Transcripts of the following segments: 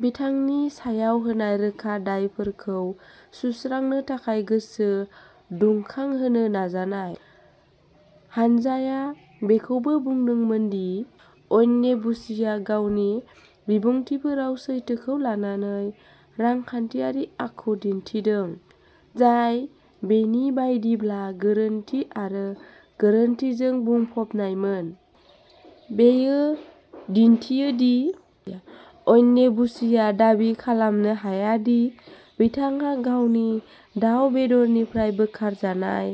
बिथांनि सायाव होनाय रोखा दायफोरखौ सुस्रांनो थाखाय गोसो दुंखांहोनो नाजानाय। हानजाया बेखौबो बुंदोंमोन दि अन्येबुचिआ गावनि बिबुंथिफोराव सैथोखौ लानानै रांखान्थियारि आखु दिन्थिदों जाय बेनि बायदिब्ला गोरोन्थि आरो गोरोन्थिजों बुंफबनायमोन। बेयो दिन्थियो दि अन्येबुचिआ दाबि खालामनो हाया दि बिथाङा गावनि दाव बेदरनिफ्राय बोखारजानाय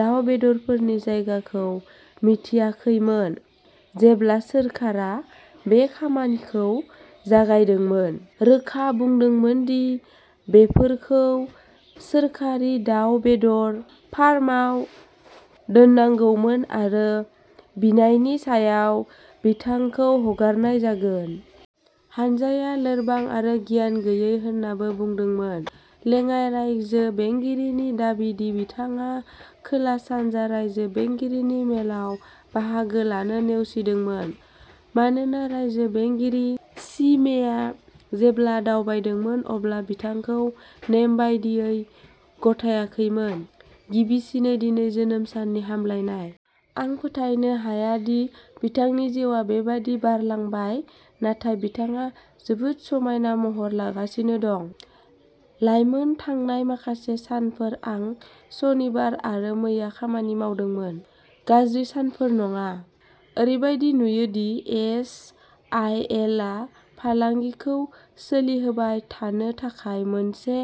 दाव बेदरफोरनि जायगाखौ मिथियाखैमोन जेब्ला सोरखारा बे खामानिखौ जागायदोंमोन रोखा बुंदोंमोन दि बेफोरखौ सोरखारि दाव बेदर फार्माव दोननांगौमोन आरो बिनायनि सायाव बिथांखौ हगारनाय जागोन। हानजाया "लोरबां आरो गियान गैयै" होन्नाबो बुंदोंमोन। लेङाइ रायजो बेंगिरिनि दाबि दि बिथाङा खोला-सानजा रायजो बेंगिरिनि मेलाव बाहागो लानो नेवसिदोंमोन मानोना रायजो बेंगिरि चिमेआ जेब्ला दावबायदोंमोन अब्ला बिथांखौ नेम बायदियै गथायाखैमोन। गिबिसिनै दिनै जोनोम साननि हामलायनाय। आं फोथायनो हाया दि बिथांनि जिउआ बेबादि बारलांबाय नाथाय बिथाङा जोबोद समायना महर लागासिनो दं। लाइमोन थांनाय माखासे सानफोर आं सनिबार आरो मैया खामानि मावदोंमोन। गाज्रि सानफोर नङा। ओरैबादि नुयो दि एस आइ एल आ फालांगिखौ सोलिहोबाय थानो थाखाय मोनसे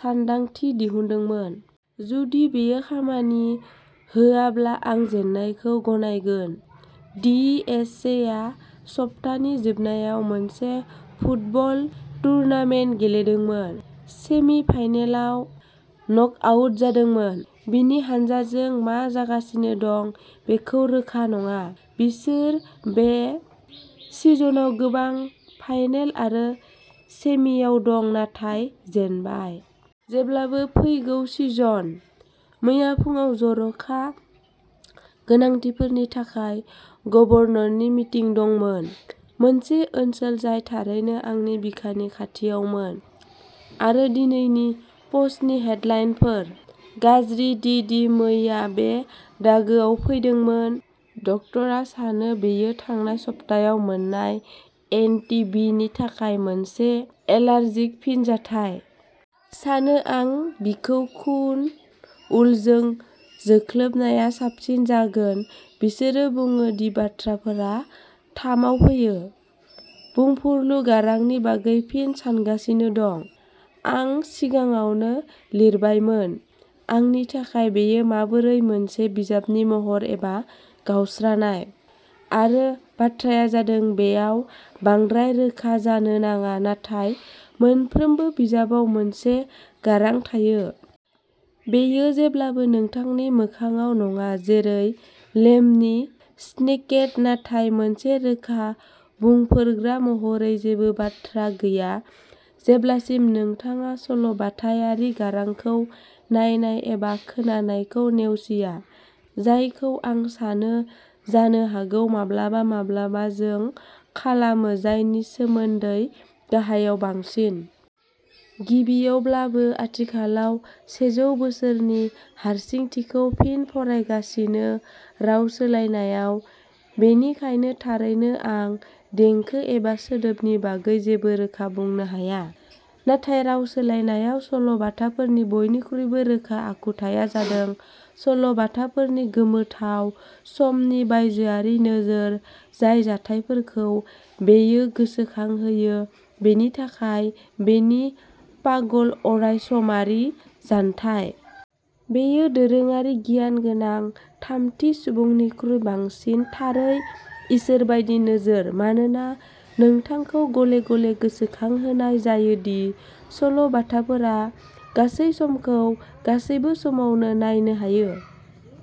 सानदांथि दिहुनदोंमोन। जुदि बेयो खामानि होआब्ला आं जेननायखौ गनायगोन। डि. एस. से आ सप्तानि जोबनायाव मोनसे फुटबल टुर्नामेन्ट गेलेदोंमोन। सेमि-फाइनालाव नकआउट जादोंमोन। बिनि हानजाजों मा जागासिनो दं बेखौ रोखा नङा। बिसोर बे सिजनआव गोबां फाइनाल आरो सेमिआव दं नाथाय जेनबाय। जेब्लाबो फैगौ सिजन। मैया फुंआव जर'खा गोनांथिफोरनि थाखाय गभर्नरनि मिटिं दंमोन। मोनसे ओनसोल जाय थारैनो आंनि बिखानि खाथियावमोन। आरो दिनैनि पस्टनि हेडलाइनफोर। गाज्रि डि डि मैया बे दागोआव फैदोंमोन ड. आ सानो बेयो थांनाय सप्तायाव मोननाय एन्टी बि नि थाखाय मोनसे एलार्जिक फिनजाथाय। सानो आं बिखौ खुन उलजों जोख्लोबनाया साबसिन जागोन बिसोरो बुङो दि बाथ्राफोरा थामआव फैयो। बुंफुरलु गारांनि बागै फिन सानगासिनो दं। आं सिगाङावनो लिरबायमोन। आंनि थाखाय बेयो माबोरै मोनसे बिजाबनि महर एबा गावस्रानाय। आरो बाथ्राया जादों बेयाव बांद्राय रोखा जानो नाङा नाथाय मोनफ्रोमबो बिजाबाव मोनसे गारां थायो। बेयो जेब्लाबो नोंथांनि मोखांआव नङा जेरै लेमनि स्निकेट नाथाय मोनसे रोखा बुंफोरग्रा महरै जेबो बाथ्रा गैया जेब्लासिम नोंथाङा सल'बाथायारि गारांखौ नायनाय एबा खोनानायखौ नेवसिया जायखौ आं सानो जानो हागौ माब्लाबा माब्लाबा जों खालामो जायनि सोमोन्दै गाहायाव बांसिन। गिबियावब्लाबो आथिखालाव सेजौ बोसोरनि हारसिंथिखौ फिन फरायगासिनो राव सोलायनायाव बेनिखायनो थारैनो आं देंखो एबा सोदोबनि बागै जेबो रोखा बुंनो हाया। नाथाय राव सोलायनायाव सल'बाथाफोरनि बयनिख्रुइबो रोखा आखुथाया जादों सल'बाथाफोरनि गोमोथाव, समनि बायजोआरि नोजोर जाय जाथायफोरखौ बेयो गोसोखांहोयो बेनि थाखाय बेनि पागल अरायसमारि जानथाय। बेयो दोरोङारि गियान गोनां थामथि सुबुंनिख्रुइ बांसिन थारै इसोर बायदि नोजोर मानोना नोंथांखौ गले गले गोसोखांहोनाय जायो दि सल'बाथाफोरा गासै समखौ गासैबो समावनो नायनो हायो।